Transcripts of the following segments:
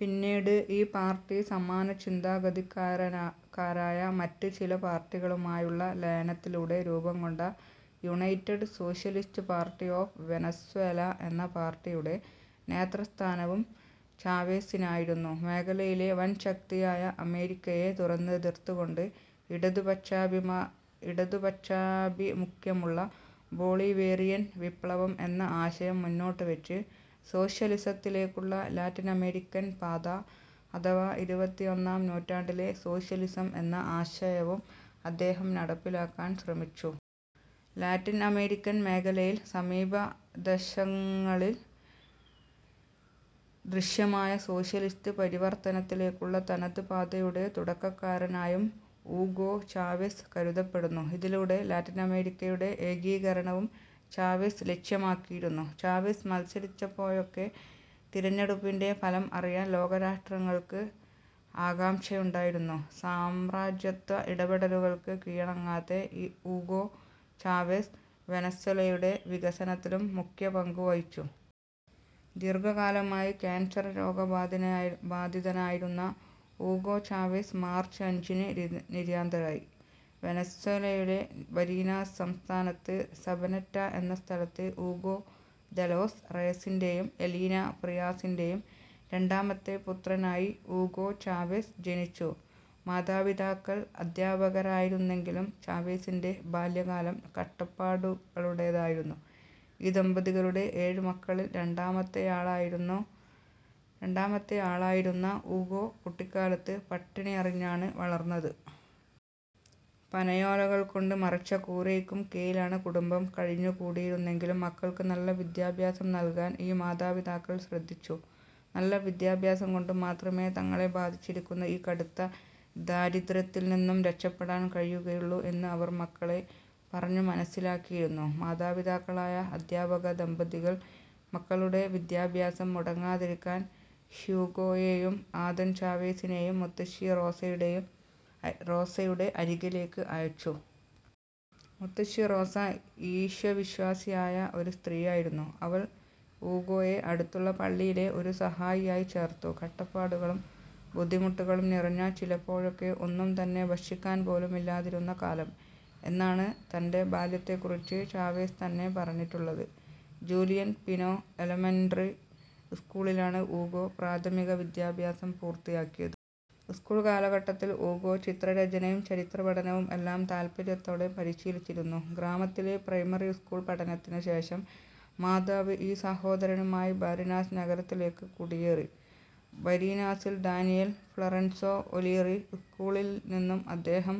പിന്നീട് ഈ പാർട്ടി സമാനചിന്താഗതിക്കാരായ മറ്റ് ചില പാർട്ടികളുമായുള്ള ലയനത്തിലൂടെ രൂപംകൊണ്ട united socialist party of Venezuela എന്ന പാർട്ടിയുടെ നേതൃസ്ഥാനവും ചാവെസിനായിരുന്നു. മേഖലയിലെ വൻശക്തിയായ അമേരിക്കയെ തുറന്നെതിർത്തുകൊണ്ട്, ഇടതുപക്ഷാഭിമുഖ്യമുള്ള ബൊളിവേറിയൻ വിപ്ലവം എന്ന ആശയം മുന്നോട്ടുവെച്ച് സോഷ്യലിസത്തിലേക്കുള്ള ലാറ്റിനമേരിക്കൻ പാത അഥവാ ഇരുപത്തിയൊന്നാം നൂറ്റാണ്ടിലെ സോഷ്യലിസം എന്ന ആശയവും അദ്ദേഹം നടപ്പാക്കാൻ ശ്രമിച്ചു. ലാറ്റിൻ അമേരിക്കൻ മേഖലയിൽ സമീപദശകങ്ങളിൽ ദൃശ്യമായ സോഷ്യലിസ്റ്റ് പരിവർത്തനത്തിലേക്കുള്ള തനത് പാതയുടെ തുടക്കക്കാരാനായും ഊഗോ ചാവെസ് കരുതപ്പെടുന്നു. ഇതിലൂടെ ലാറ്റിനമേരിക്കയുടെ ഏകീകരണവും ചാവെസ് ലക്ഷ്യമാക്കിയിരുന്നു. ചാവെസ് മത്സരിച്ചപ്പോഴൊക്കെ തിരഞ്ഞെടുപ്പിന്റെ ഫലം അറിയാൻ ലോകരാഷ്ട്രങ്ങൾക്ക് ആകാംക്ഷയുണ്ടായിരുന്നു. സാമ്രാജ്യത്വ ഇടപെടലുകൾക്ക് കീഴടങ്ങാതെ ഊഗോ ചാവെസ് വെനസ്വെലയുടെ വികസനത്തിലും മുഖ്യപങ്കുവഹിച്ചു. ദീർഘകാലമായി ക്യാൻസർ രോഗബാധിതനായിരുന്ന ഊഗോ ചാവെസ് മാർച്ച് അഞ്ചിന് നിര്യാതനായി. വെനസ്വേലയിലെ ബരീനാസ് സംസ്ഥാനത്ത് സബനെറ്റ എന്ന സ്ഥലത്ത് ഊഗോ ദെലോസ് റെയസിന്റെയും എലീന ഫ്രിയാസിന്റെയും രണ്ടാമത്തെ പുത്രനായി ഊഗോ ചാവെസ് ജനിച്ചു. മാതാപിതാക്കൾ അദ്ധ്യാപകരായിരുന്നെങ്കിലും ചാവെസിന്റെ ബാല്യകാലം കഷ്ടപ്പാടുകളുടേതായിരുന്നു. ഈ ദമ്പതികളുടെ ഏഴുമക്കളിൽ രണ്ടാമത്തെയാളായിരുന്ന ഊഗോ കുട്ടിക്കാലത്ത് പട്ടിണിയറിഞ്ഞാണ് വളർന്നത്. പനയോലകൾക്കൊണ്ട് മറച്ച കൂരയ്ക്കു കീഴിലാണ് കുടുംബം കഴിഞ്ഞുകൂടിയിരുന്നതെങ്കിലും മക്കൾക്ക് നല്ല വിദ്യാഭ്യാസം നൽകാൻ ഈ മാതാപിതാക്കൾ ശ്രദ്ധിച്ചു. നല്ല വിദ്യാഭ്യാസം കൊണ്ടു മാത്രമേ തങ്ങളെ ബാധിച്ചിരിക്കുന്ന ഈ കടുത്ത ദാരിദ്ര്യത്തിൽ നിന്നും രക്ഷപ്പെടാൻ കഴിയുകയുള്ളു എന്നു അവർ മക്കളെ പറഞ്ഞു മനസ്സിലാക്കിയിരുന്നു. മാതാപിതാക്കളായ അധ്യാപക ദമ്പതികൾ മക്കളുടെ വിദ്യാഭ്യാസം മുടങ്ങാതിരിക്കാൻ ഹ്യൂഗോയേയും ആദൻ ചാവേസിനേയും മുത്തശ്ശി റോസയുടെ അരികിലേക്ക് അയച്ചു. മുത്തശ്ശി റോസ ഈശ്വവിശ്വാസിയായ ഒരു സ്ത്രീയായിരുന്നു. അവൾ ഊഗോയെ അടുത്തുള്ള പള്ളിയിലെ ഒരു സഹായിയായി ചേർത്തു. കഷ്ടപ്പാടുകളും, ബുദ്ധിമുട്ടുകളും നിറഞ്ഞ, ചിലപ്പോഴൊക്കെ ഒന്നും തന്നെ ഭക്ഷിക്കാൻ പോലുമില്ലാതിരുന്ന കാലം എന്നാണ് തന്റെ ബാല്യത്തെക്കുറിച്ച് ചാവെസ് തന്നെ പറഞ്ഞിട്ടുള്ളത്. ജൂലിയൻ പിനോ എലമെന്ററി സ്കൂളിലാണ് ഊഗോ പ്രാഥമിക വിദ്യാഭ്യാസം പൂർത്തിയാക്കിയത്. സ്കൂൾ കാലഘട്ടത്തിൽ ഊഗോ ചിത്രരചനയും ചരിത്രപഠനവും എല്ലാം താല്പര്യത്തോടെ പരിശീലിച്ചിരുന്നു. ഗ്രാമത്തിലെ പ്രൈമറി സ്കൂൾ പഠനത്തിനു ശേഷം മാതാവ് ഈ സഹോദരൻമാരുമായി ബാരിനാസ് നഗരത്തിലേക്കു കുടിയേറി. ബരീനാസിലെ ഡാനിയേൽ ഫ്ലൊറൻസോ ഒലീറി സ്ക്കൂളിൽ നിന്നും അദ്ദേഹം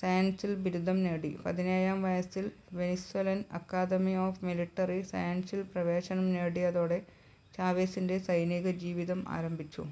സയൻസിൽ ബിരുദം നേടി. പതിനേഴാം വയസിൽ വെനിസ്വെലൻ അക്കാദമി ഓഫ് മിലിട്ടറി സയൻസസിൽ പ്രവേശനം നേടിയതോടെ ചാവെസിന്റെ സൈനിക ജീവിതം ആരംഭിച്ചു.